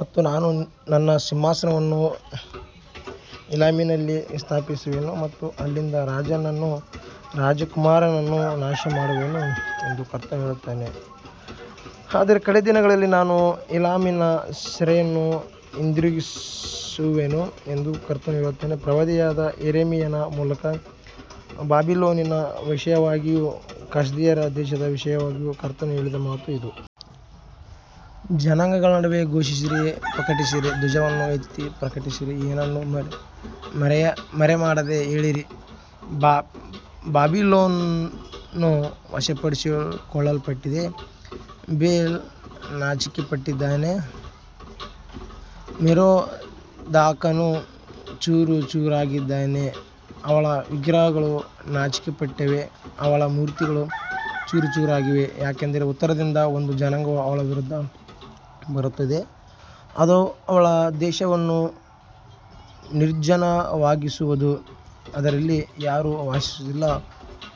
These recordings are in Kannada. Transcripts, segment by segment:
ಮತ್ತು ನಾನು ನನ್ನ ಸಿಂಹಾಸನವನ್ನು ಏಲಾಮಿನಲ್ಲಿ ಸ್ಥಾಪಿಸುವೆನು ಮತ್ತು ಅಲ್ಲಿಂದ ರಾಜನನ್ನೂ ರಾಜಕುಮಾರರನ್ನೂ ನಾಶಮಾಡುವೆನು ಎಂದು ಕರ್ತನು ಹೇಳುತ್ತಾನೆ. ಆದರೆ ಕಡೇ ದಿನಗಳಲ್ಲಿ ನಾನು ಏಲಾಮಿನ ಸೆರೆಯನ್ನು ಹಿಂದಿರುಗಿಸುವೆನು ಎಂದು ಕರ್ತನು ಹೇಳುತ್ತಾನೆ. ಪ್ರವಾದಿಯಾದ ಯೆರೆಮೀಯನ ಮೂಲಕ ಬಾಬಿಲೋನಿನ ವಿಷಯವಾಗಿಯೂ ಕಸ್ದೀಯರ ದೇಶದ ವಿಷಯವಾಗಿಯೂ ಕರ್ತನು ಹೇಳಿದ ಮಾತು ಇದು. ಜನಾಂಗಗಳ ನಡುವೆ ಘೋಷಿಸಿರಿ, ಪ್ರಕಟಿಸಿರಿ, ಧ್ವಜವನ್ನು ಎತ್ತಿ ಪ್ರಕಟಿಸಿರಿ, ಏನನ್ನೂ ಮರೆಮಾಡದೆ ಹೇಳಿರಿ, ಬಾಬಿಲೋನು ವಶಪಡಿಸಿಕೊಳ್ಳಲ್ಪಟ್ಟಿದೆ, ಬೇಲ್ ನಾಚಿಕೆಪಟ್ಟಿದ್ದಾನೆ, ಮೆರೋದಾಕನು ಚೂರುಚೂರಾಗಿದ್ದಾನೆ, ಅವಳ ವಿಗ್ರಹಗಳು ನಾಚಿಕೆಪಟ್ಟಿವೆ, ಅವಳ ಮೂರ್ತಿಗಳು ಚೂರುಚೂರಾಗಿವೆ. ಯಾಕಂದರೆ ಉತ್ತರದಿಂದ ಒಂದು ಜನಾಂಗವು ಅವಳ ವಿರುದ್ಧ ಬರುತ್ತದೆ, ಅದು ಅವಳ ದೇಶವನ್ನು ನಿರ್ಜನವಾಗಿಸುವುದು, ಅದರಲ್ಲಿ ಯಾರೂ ವಾಸಿಸುವುದಿಲ್ಲ,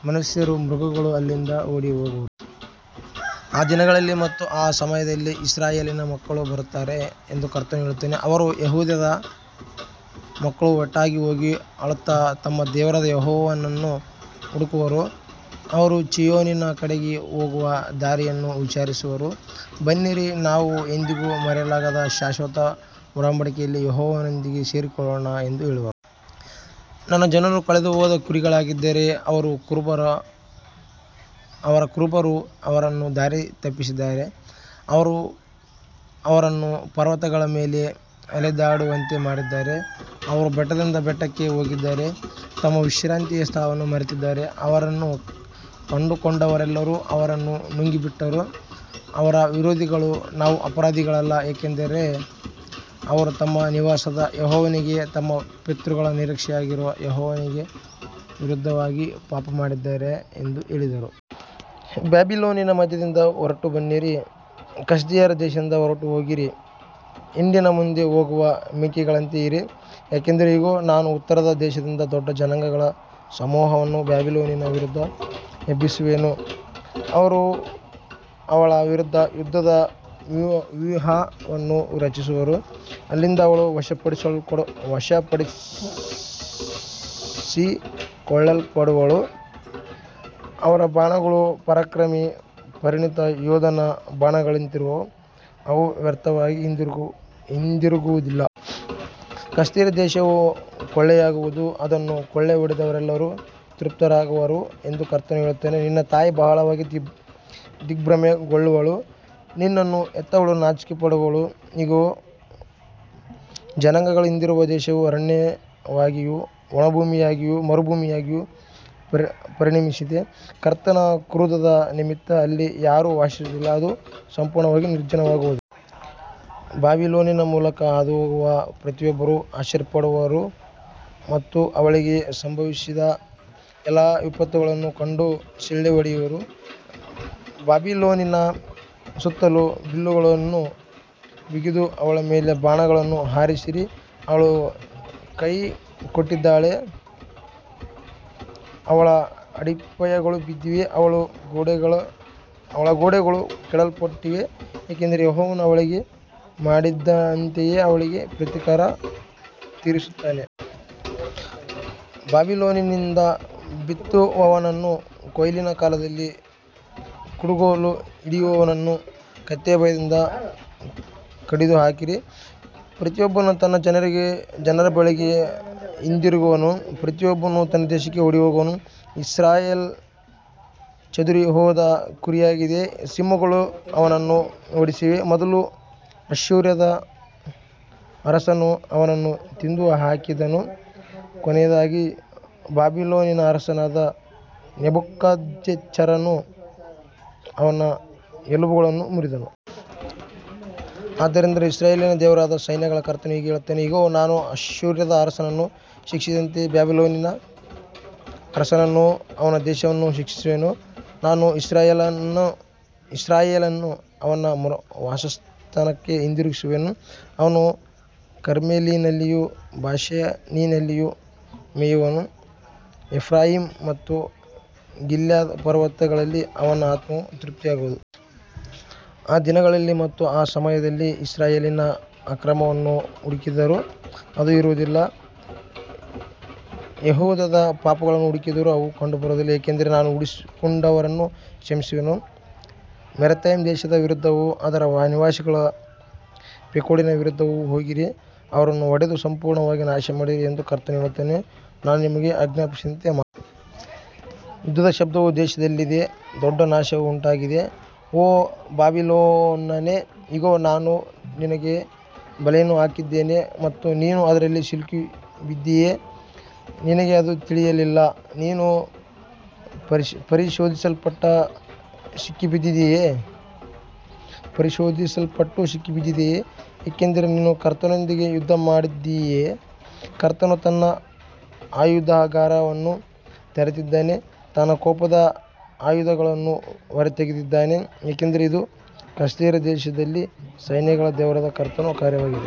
ಮನುಷ್ಯರೂ ಮೃಗಗಳೂ ಅಲ್ಲಿಂದ ಓಡಿಹೋಗುವರು. ಆ ದಿನಗಳಲ್ಲಿ ಮತ್ತು ಆ ಸಮಯದಲ್ಲಿ ಇಸ್ರಾಯೇಲಿನ ಮಕ್ಕಳು ಬರುತ್ತಾರೆ ಎಂದು ಕರ್ತನು ಹೇಳುತ್ತಾನೆ, ಅವರೂ ಯೆಹೂದದ ಮಕ್ಕಳೂ ಒಟ್ಟಾಗಿ ಹೋಗಿ ಅಳುತ್ತಾ ತಮ್ಮ ದೇವರಾದ ಯೆಹೋವನನ್ನು ಹುಡುಕುವರು. ಅವರು ಚೀಯೋನಿನ ಕಡೆಗೆ ಹೋಗುವ ದಾರಿಯನ್ನು ವಿಚಾರಿಸುವರು, ಬನ್ನಿರಿ, ನಾವು ಎಂದಿಗೂ ಮರೆಯಲಾಗದ ಶಾಶ್ವತ ಒಡಂಬಡಿಕೆಯಲ್ಲಿ ಯೆಹೋವನೊಂದಿಗೆ ಸೇರಿಕೊಳ್ಳೋಣ ಎಂದು ಹೇಳುವರು. ನನ್ನ ಜನರು ಕಳೆದುಹೋದ ಕುರಿಗಳಾಗಿದ್ದಾರೆ, ಅವರ ಕುರುಬರು ಅವರನ್ನು ದಾರಿತಪ್ಪಿಸಿದ್ದಾರೆ, ಅವರು ಅವರನ್ನು ಪರ್ವತಗಳ ಮೇಲೆ ಅಲೆದಾಡುವಂತೆ ಮಾಡಿದ್ದಾರೆ, ಅವರು ಬೆಟ್ಟದಿಂದ ಬೆಟ್ಟಕ್ಕೆ ಹೋಗಿದ್ದಾರೆ, ತಮ್ಮ ವಿಶ್ರಾಂತಿಯ ಸ್ಥಳವನ್ನು ಮರೆತಿದ್ದಾರೆ. ಅವರನ್ನು ಕಂಡುಕೊಂಡವರೆಲ್ಲರೂ ಅವರನ್ನು ನುಂಗಿಬಿಟ್ಟರು, ಅವರ ವಿರೋಧಿಗಳು, ನಾವು ಅಪರಾಧಿಗಳಲ್ಲ, ಏಕೆಂದರೆ ಅವರು ತಮ್ಮ ನಿವಾಸವಾದ ಯೆಹೋವನಿಗೆ, ತಮ್ಮ ಪಿತೃಗಳ ನಿರೀಕ್ಷೆಯಾಗಿರುವ ಯೆಹೋವನಿಗೆ ವಿರುದ್ಧವಾಗಿ ಪಾಪಮಾಡಿದ್ದಾರೆ ಎಂದು ಹೇಳಿದರು. ಬಾಬಿಲೋನಿನ ಮಧ್ಯದಿಂದ ಹೊರಟುಬನ್ನಿರಿ, ಕಸ್ದೀಯರ ದೇಶದಿಂದ ಹೊರಟುಹೋಗಿರಿ, ಹಿಂಡಿನ ಮುಂದೆ ಹೋಗುವ ಮೇಕೆಗಳಂತೆ ಇರಿ. ಯಾಕಂದರೆ ಇಗೋ, ನಾನು ಉತ್ತರದ ದೇಶದಿಂದ ದೊಡ್ಡ ಜನಾಂಗಗಳ ಸಮೂಹವನ್ನು ಬಾಬಿಲೋನಿನ ವಿರುದ್ಧ ಎಬ್ಬಿಸುವೆನು, ಅವರು ಅವಳ ವಿರುದ್ಧ ಯುದ್ಧದ ವ್ಯೂಹವನ್ನು ರಚಿಸುವರು, ಅಲ್ಲಿಂದ ಅವಳು ವಶಪಡಿಸಿಕೊಳ್ಳಲ್ಪಡುವಳು, ಅವರ ಬಾಣಗಳು ಪರಾಕ್ರಮಿ ಪರಿಣಿತ ಯೋಧನ ಬಾಣಗಳಂತಿರುವವು, ಅವು ವ್ಯರ್ಥವಾಗಿ ಹಿಂದಿರುಗುವುದಿಲ್ಲ. ಕಸ್ದೀಯ ದೇಶವು ಕೊಳ್ಳೆಯಾಗುವುದು, ಅದನ್ನು ಕೊಳ್ಳೆಹೊಡೆಯುವವರೆಲ್ಲರೂ ತೃಪ್ತರಾಗುವರು ಎಂದು ಕರ್ತನು ಹೇಳುತ್ತಾನೆ. ನಿನ್ನ ತಾಯಿ ಬಹಳವಾಗಿ ದಿಗ್ಭ್ರಮೆಗೊಳ್ಳುವಳು, ನಿನ್ನನ್ನು ಹೆತ್ತವಳು ನಾಚಿಕೆಪಡುವಳು, ಇಗೋ, ಜನಾಂಗಗಳ ಹಿಂದಿರುವ ದೇಶವು ಅರಣ್ಯವಾಗಿಯೂ ಒಣಭೂಮಿಯಾಗಿಯೂ ಮರುಭೂಮಿಯಾಗಿಯೂ ಪರಿಣಮಿಸಿದೆ. ಕರ್ತನ ಕ್ರೋಧದ ನಿಮಿತ್ತ ಅಲ್ಲಿ ಯಾರೂ ವಾಸಿಸುವುದಿಲ್ಲ, ಅದು ಸಂಪೂರ್ಣವಾಗಿ ನಿರ್ಜನವಾಗುವುದು. ಬಾಬಿಲೋನಿನ ಮೂಲಕ ಹಾದುಹೋಗುವ ಪ್ರತಿಯೊಬ್ಬರೂ ಆಶ್ಚರ್ಯಪಡುವರು ಮತ್ತು ಅವಳಿಗೆ ಸಂಭವಿಸಿದ ಎಲ್ಲಾ ವಿಪತ್ತುಗಳನ್ನು ಕಂಡು ಸಿಳ್ಳೆ ಹೊಡೆಯುವರು. ಬಾಬಿಲೋನಿನ ಸುತ್ತಲೂ ಬಿಲ್ಲುಗಳನ್ನು ಬಿಗಿದು ಅವಳ ಮೇಲೆ ಬಾಣಗಳನ್ನು ಹಾರಿಸಿರಿ, ಅವಳು ಕೈಕೊಟ್ಟಿದ್ದಾಳೆ, ಅವಳ ಅಡಿಪಾಯಗಳು ಬಿದ್ದಿವೆ, ಅವಳ ಗೋಡೆಗಳು ಕೆಡವಲ್ಪಟ್ಟಿವೆ, ಏಕೆಂದರೆ ಯೆಹೋವನು ಅವಳಿಗೆ ಮಾಡಿದಂತೆಯೇ ಅವಳಿಗೆ ಪ್ರತೀಕಾರ ತೀರಿಸುತ್ತಾನೆ. ಬಾಬಿಲೋನಿನಿಂದ ಬಿತ್ತುವವನನ್ನೂ ಕೊಯ್ಲಿನ ಕಾಲದಲ್ಲಿ ಕುಡುಗೋಲು ಹಿಡಿಯುವವನನ್ನೂ ಕತ್ತಿಯ ಭಯದಿಂದ ಕಡಿದುಹಾಕಿರಿ, ಪ್ರತಿಯೊಬ್ಬನೂ ತನ್ನ ಜನರ ಬಳಿಗೆ ಹಿಂದಿರುಗುವನು, ಪ್ರತಿಯೊಬ್ಬನೂ ತನ್ನ ದೇಶಕ್ಕೆ ಓಡಿಹೋಗುವನು. ಇಸ್ರಾಯೇಲು ಚದುರಿಹೋದ ಕುರಿಯಾಗಿದೆ, ಸಿಂಹಗಳು ಅವನನ್ನು ಓಡಿಸಿವೆ, ಮೊದಲು ಅಶ್ಶೂರದ ಅರಸನು ಅವನನ್ನು ತಿಂದುಹಾಕಿದನು, ಕೊನೆಯದಾಗಿ ಬಾಬಿಲೋನಿನ ಅರಸನಾದ ನೆಬೂಕದ್ನೆಚ್ಚರನು ಅವನ ಎಲುಬುಗಳನ್ನು ಮುರಿದನು. ಆದ್ದರಿಂದ ಇಸ್ರಾಯೇಲಿನ ದೇವರಾದ ಸೈನ್ಯಗಳ ಕರ್ತನು ಹೀಗೆ ಹೇಳುತ್ತಾನೆ, ಇಗೋ, ನಾನು ಅಶ್ಶೂರದ ಅರಸನನ್ನು ಶಿಕ್ಷಿಸಿದಂತೆಯೇ ಬಾಬಿಲೋನಿನ ಅರಸನನ್ನೂ ಅವನ ದೇಶವನ್ನೂ ಶಿಕ್ಷಿಸುವೆನು. ನಾನು ಇಸ್ರಾಯೇಲನ್ನು ಅವನ ವಾಸಸ್ಥಾನಕ್ಕೆ ಹಿಂದಿರುಗಿಸುವೆನು, ಅವನು ಕರ್ಮೆಲಿನಲ್ಲಿಯೂ ಬಾಷಾನಿನಲ್ಲಿಯೂ ಮೇಯುವನು, ಎಫ್ರಾಯೀಮ್ ಮತ್ತು ಗಿಲ್ಯಾದ್ ಪರ್ವತಗಳಲ್ಲಿ ಅವನ ಆತ್ಮವು ತೃಪ್ತಿಯಾಗುವುದು. ಆ ದಿನಗಳಲ್ಲಿ ಮತ್ತು ಆ ಸಮಯದಲ್ಲಿ ಇಸ್ರಾಯೇಲಿನ ಅಕ್ರಮವನ್ನು ಹುಡುಕಿದರೂ ಅದು ಇರುವುದಿಲ್ಲ, ಯೆಹೂದದ ಪಾಪಗಳನ್ನೂ ಹುಡುಕಿದರೂ ಅವು ಕಂಡುಬರುವುದಿಲ್ಲ, ಏಕೆಂದರೆ ನಾನು ಉಳಿಸಿಕೊಂಡವರನ್ನು ಕ್ಷಮಿಸುವೆನು. ಮೆರತೈಮ್ ದೇಶದ ವಿರುದ್ಧವೂ, ಅದರ ನಿವಾಸಿಗಳಾದ ಪೆಕೋಡಿನ ವಿರುದ್ಧವೂ ಹೋಗಿರಿ, ಅವರನ್ನು ಹೊಡೆದು ಸಂಪೂರ್ಣವಾಗಿ ನಾಶಮಾಡಿರಿ ಎಂದು ಕರ್ತನು ಹೇಳುತ್ತಾನೆ, ನಾನು ನಿನಗೆ ಆಜ್ಞಾಪಿಸಿದಂತೆ ಮಾಡು. ಯುದ್ಧದ ಶಬ್ದವು ದೇಶದಲ್ಲಿದೆ, ದೊಡ್ಡ ನಾಶವು ಉಂಟಾಗಿದೆ. ಓ ಬಾಬಿಲೋನೇ, ಇಗೋ, ನಾನು ನಿನಗೆ ಬಲೆಯನ್ನು ಹಾಕಿದ್ದೇನೆ ಮತ್ತು ನೀನು ಅದರಲ್ಲಿ ಸಿಕ್ಕಿಬಿದ್ದಿದ್ದೀಯೆ, ನಿನಗೆ ಅದು ತಿಳಿಯಲಿಲ್ಲ, ನೀನು ಪರಿಶೋಧಿಸಲ್ಪಟ್ಟು ಸಿಕ್ಕಿಬಿದ್ದಿದ್ದೀಯೆ, ಏಕೆಂದರೆ ನೀನು ಕರ್ತನೊಂದಿಗೆ ಯುದ್ಧಮಾಡಿದ್ದೀಯೆ. ಕರ್ತನು ತನ್ನ ಆಯುಧಾಗಾರವನ್ನು ತೆರೆದಿದ್ದಾನೆ, ತನ್ನ ಕೋಪದ ಆಯುಧಗಳನ್ನು ಹೊರತೆಗೆದಿದ್ದಾನೆ, ಏಕೆಂದರೆ ಇದು ಕಸ್ದೀಯರ ದೇಶದಲ್ಲಿ ಸೈನ್ಯಗಳ ದೇವರಾದ ಕರ್ತನ ಕಾರ್ಯವಾಗಿದೆ.